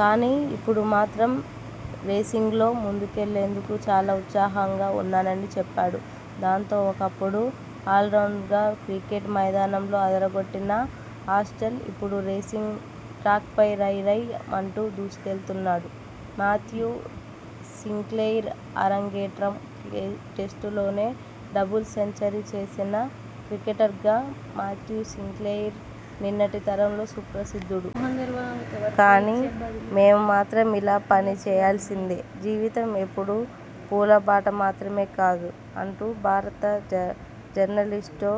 కానీ, ఇప్పుడు మాత్రం రేసింగ్లో ముందుకెళ్లేందుకు చాలా ఉత్సాహంగా ఉన్నాన'ని చెప్పాడు. దాంతో, ఒకప్పుడు ఆల్రౌండర్గా క్రికెట్ మైదానంలో అదరగొట్టిన ఆస్టల్ ఇప్పుడు రేసింగ్ ట్రాక్పై రయ్ రయ్ మంటూ దూసుకెళ్తున్నాడు. మాథ్యూ సింక్లెయిర్అరంగేట్రం టెస్టులోనే డబుల్ సెంచరీ చేసిన క్రికెటర్గా మాథ్యూ సింక్లెయిర్ నిన్నటి తరంలో సుప్రసిద్ధుడు. కానీ, మేము మాత్రం ఇలా పని చేయాల్సిందే. జీవితం ఎప్పుడూ పూలబాట మాత్రమే కాదు' అంటూ భారత జర్నలిస్ట్తో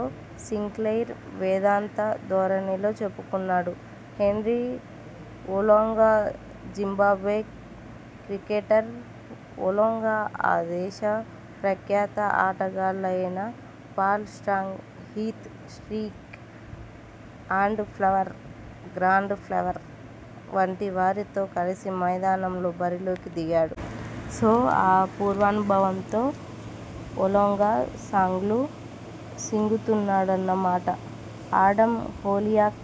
సింక్లెయిర్ వేదాంత ధోరణిలో చెప్పుకున్నాడు. హెన్రీ ఒలొంగాజింబాబ్వే క్రికెటర్ ఒలొంగా ఆ దేశ ప్రఖ్యాత ఆటగాళ్లయిన Paul Strang, Heath Streak, Andy Flower, Grant Flower వంటి వారితో కలిసి మైదానంలో బరిలోకి దిగాడు. సో ఆ పూర్వానుభవంతో ఒలొంగా సాంగ్లు సింగుతున్నాడన్నమాట! ఆడమ్ హోలియాక్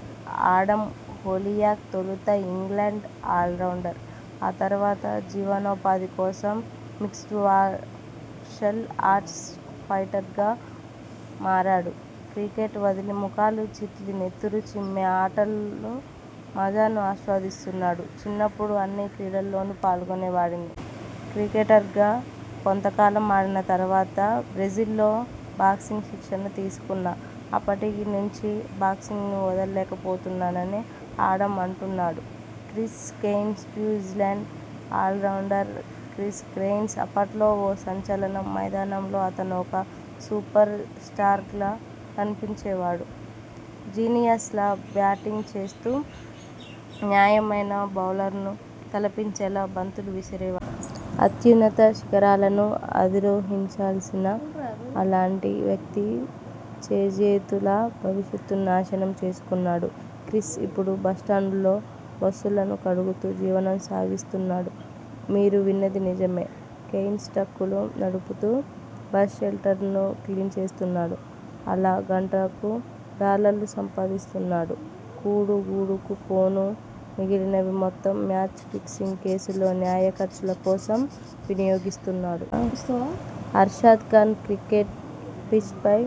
ఆడమ్ హోలియాక్ తొలుత ఇంగ్లండ్ ఆల్రౌండర్. ఆ తర్వాత జీవనోపాధి కోసం మిక్స్డ్ మార్షల్ ఆర్ట్స్ ఫైటర్గా మారాడు. క్రికెట్ వదిలి ముఖాలు చిట్లి నెత్తురు చిమ్మే ఆటలో మజాను ఆస్వాదిస్తున్నాడు. 'చిన్నప్పుడు అన్ని క్రీడల్లోనూ పాల్గొనేవాడిని. క్రికెటర్గా కొంతకాలం ఆడిన తర్వాత బ్రెజిల్లో బాక్సింగ్ శిక్షణ తీసుకున్నా. అప్పటి నుంచి బాక్సింగ్ను వదల్లేకపోతున్నాన'ని ఆడమ్ అంటున్నాడు. Chris Cairns New Zealand allrounder Chris Cairns అప్పట్లో ఓ సంచలనం. మైదానంలో అతనో ఒక సూపర్ స్టార్లా కనిపించేవాడు. జీనియస్లా బ్యాటింగ్ చేస్తూ నాణ్యమైన బౌలర్ను తలపించేలా బంతులు విసిరేవాడు. అత్యున్నత శిఖరాలను అధిరోహించాల్సిన అలాంటి వ్యక్తి చేజేతులా భవిష్యత్తును నాశనం చేసుకున్నాడు. క్రిస్ ఇప్పుడు బస్టాండుల్లో బస్సులను కడుగు తూ జీవనం సాగిస్తున్నాడు. మీరు విన్నది నిజమే. కెయిన్స్ ట్రక్కులు నడుపుతూ బస్ షెల్టర్లను క్లీన్ చేస్తున్నాడు. అలా గంటకు డాలర్లు సంపాదిస్తున్నాడు. కూడు గూడుకు పోను మిగిలినవి మొత్తం మ్యాచ్ ఫిక్సింగ్ కేసు లో న్యాయ ఖర్చుల కోసం వినియోగిస్తున్నాడు. అర్షద్ ఖాన్ క్రికెట్ పిచ్పై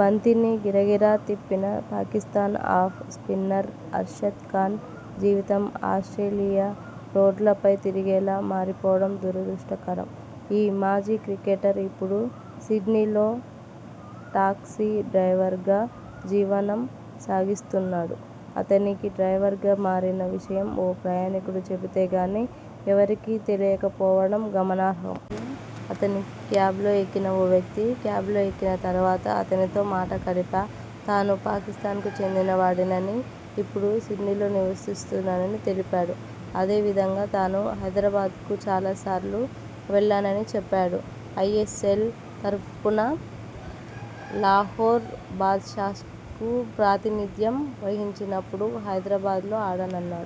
బంతిని గిరగిరా తిప్పిన పాకిస్థాన్ ఆఫ్ స్పిన్నర్ అర్షద్ ఖాన్ జీవితం ఆస్ట్రేలి యా రోడ్లపై తిరిగేలా మారిపోవడం దురదృష్టకరం. ఈ మాజీ క్రికెటర్ ఇప్పుడు సిడ్నీలో టాక్సీ డ్రైవర్గా జీవనం సాగిస్తున్నాడు. అతనిలా డ్రైవర్గా మారిన విషయం ఓ ప్రయాణికుడు చెబితే గానీ ఎవరికీ తెలియకపోవడం గమనార్హం. అతని క్యాబ్లో ఎక్కిన ఓ వ్యక్తి 'క్యాబ్లో ఎక్కిన తర్వాత అతనితో మాట కలిపా. తాను పాకిస్థాన్కు చెందిన వాడినని, ఇప్పుడు సిడ్నీలో నివసిస్తున్నానని తెలిపాడు. అదే విధంగా తాను హైదరాబాద్కు చాలా సార్లు వెళ్లానని చెప్పాడు. ఐఎస్ఎల్ తరఫున లాహోర్ బాద్షాస్కు ప్రాతినిథ్యం వహించినప్పుడు హైదరాబాద్లో ఆడానన్నాడు.